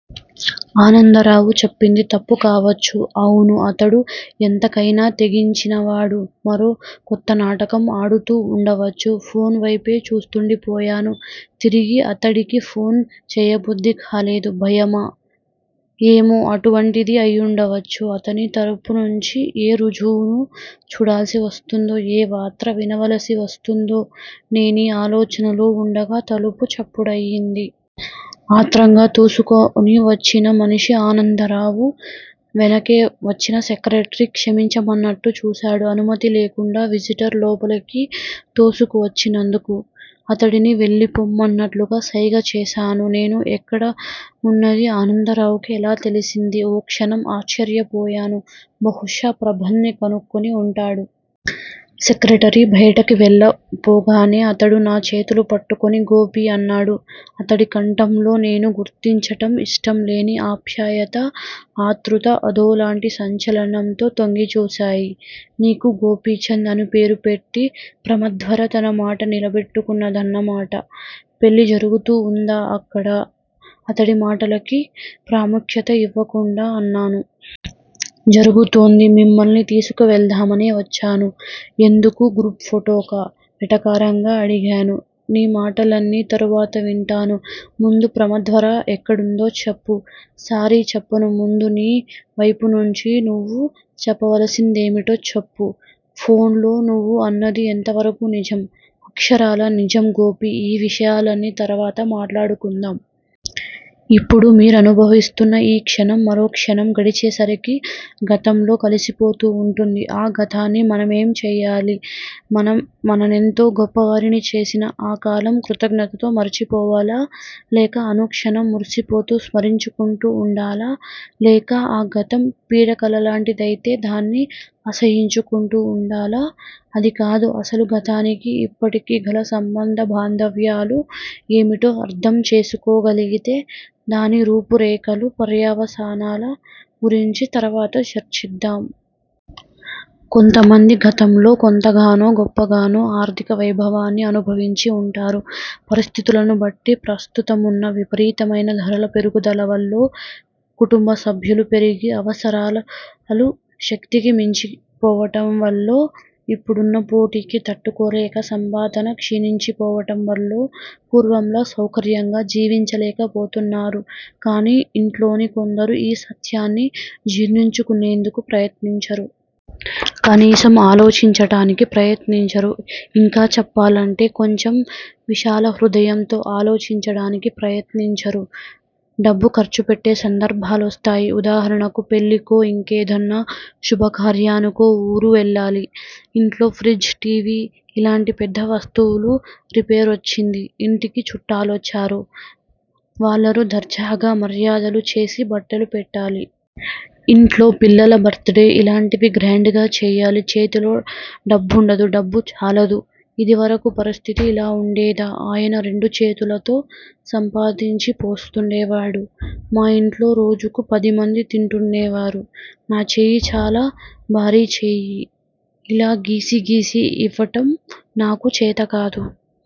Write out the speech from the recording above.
ఆనందరావు చెప్పింది తప్పుకావచ్చు. అవును. అతడు ఎంతకయినా తెగించినవాడు. మరో కొత్త నాటకం ఆడుతూ వుండవచ్చు. ఫోన్ వైపే చూస్తూండిపోయాను. తిరిగి అతడికి ఫోన్ చేయబుద్ది కాలేదు. భయమా? ఏమో అటువంటిదే అయివుండవచ్చు. అతని తరపునుంచి ఏ రుజువుని చూడాల్సి వస్తుందో, ఏ వార్త వినవలసి వస్తుందో నేనీ ఆలోచనలో వుండగా తలుపు చప్పుడయింది. ఆత్రంగా తోసుకు వచ్చిన మనిషి- ఆనందరావు. వెనకే వచ్చిన సెక్రటరీ క్షమించమన్నట్టు చూశాడు. అనుమతి లేకుండా విజిటర్ లోపలికి తోసుకు వచ్చినందుకు. అతడిని వెళ్ళిపొమ్మన్నట్లుగ సైగ చేశాను. నేను ఎక్కడ వున్నదీ ఆనందరావుకి ఎలా తెలిసింది ఓ క్షణం ఆశ్చర్యపోయాను. బహుశా ప్రబంధ్ ని కనుక్కుని ఉంటాడు. సెక్రటరీ బయటికి వెళ్ళిపోగానే అతడు నా చేతులు పట్టుకుని 'గోపీ' అన్నాడు. అతడి కంఠంలో నేను గుర్తించటం ఇష్టంలేని ఆప్యాయత, ఆతృత, అదోలాంటి సంచలనం తొంగిచూశాయి. నీకు గోపీచంద్ అని పేరుపెట్టి ప్రమద్వర తన మాట నిలబెట్టుకున్న దన్నమాట. పెళ్ళి జరుగుతూ వుందా అక్కడ? అతడి మాటలకి ప్రాముఖ్యత ఇవ్వకుండా అన్నాను. జరుగుతూంది. మిమ్మల్ని తీసుకువెళ్దామనే వచ్చాను. ఎందుకు? గ్రూఫ్ ఫొటోకా? వెటకారంగా అడిగాను. నీ మాటలన్నీ తరువాత వింటాను. ముందు ప్రమద్వర ఎక్కడుందో చెప్పు. సారీ చెప్పను ముందు నీ వైపునుంచి నువ్వు చెప్పవలసిందేమిటో చెప్పు. ఫోన్ లో నువ్వు అన్నది ఎంతవరకూ నిజం? అక్షరాల నిజం గోపీ ఈ విషయాలన్నీ తరువాత మాట్లాడుకుందాం. ఇప్పుడు మీరనుభవిస్తున్న ఈ క్షణం, మరోక్షణం గడిచేసరికి గతంలో కలిసిపోతూ వుంటుంది. ఆ గతాన్ని మనమేం చేయాలి? మననెంతో గొప్పవారిని చేసిన ఆ కాలం కృతజ్ఞతతో మరిచిపోవాలా? లేక అనుక్షణం మురిసిపోతూ స్మరించుకుంటూ ఉండాలా? లేక ఆ గతం పీడకలలాంటిదైతే దాన్ని అసహ్యించుకుంటూ వుండాలా? అదికాదు అసలు గతానికీ, ఇప్పటికీ గల సంబంధ బాంధవ్యాలు ఏమిటో అర్ధం చేసుకోగలిగితే, దాని రూపురేఖలూ, పర్యవసానాల గురించి తర్వాత చర్చిద్దాం. కొంతమంది గతంలో కొంతగానో, గొప్పగానో ఆర్ధిక వైభవాన్ని అనుభవించి వుంటారు. పరిస్థితుల్ని బట్టి ప్రస్తుతమున్న విపరీతమైన ధరల పెరుగుదల వల్లో, కుటుంబసభ్యులు పెరిగి, అవసరాలు శక్తికి మించిపోవటం వల్లో, ఇప్పుడున్న పోటీకి తట్టుకోలేక సంపాదన క్షీణించిపోవటంవల్లో పూర్వంలా సౌకర్యంగా జీవించలేకపోతున్నారు. కాని ఇంట్లోని కొందరు ఈ సత్యాన్ని జీర్ణించుకునేందుకు ప్రయత్నించరు. కనీసం ఆలోచించటానికి ప్రయత్నించరు. ఇంకా చెప్పాలంటే కొంచెం విశాలహృదయంతో ఆలోచించడానికి ప్రయత్నించరు. డబ్బు ఖర్చుపెట్టే సందర్భాలొస్తాయి. ఉదాహరణకు పెళ్ళికో, ఇంకేదన్నా శుభకార్యానికో ఊరు వెళ్ళాలి. ఇంట్లో ఫ్రిజ్, టీవీ ఇలాంటి పెద్ద వస్తువులకు రిపేరొచ్చింది. ఇంటికి చుట్టాలొచ్చారు. వాళ్ళకు దర్జాగా మర్యాదలు చేసి బట్టలు పెట్టాలి. ఇంట్లో పిల్లల బర్త్ డే ఇలాంటివి గ్రాండ్ గా చెయ్యాలి. చేతిలో డబ్బుండదు డబ్బు చాలదు. ఇదివరకు పరిస్థితి ఇలా వుండేదా? ఆయన రెండుచేతులతో సంపాదించి పోస్తుండేవారు. మా ఇంట్లో రోజుకు పదిమంది తింటుండేవారు. నా చెయ్యి చాలా భారీ చెయ్యి, ఇలా గీసి గీసి ఇవ్వటం నాకు చేతకాదు.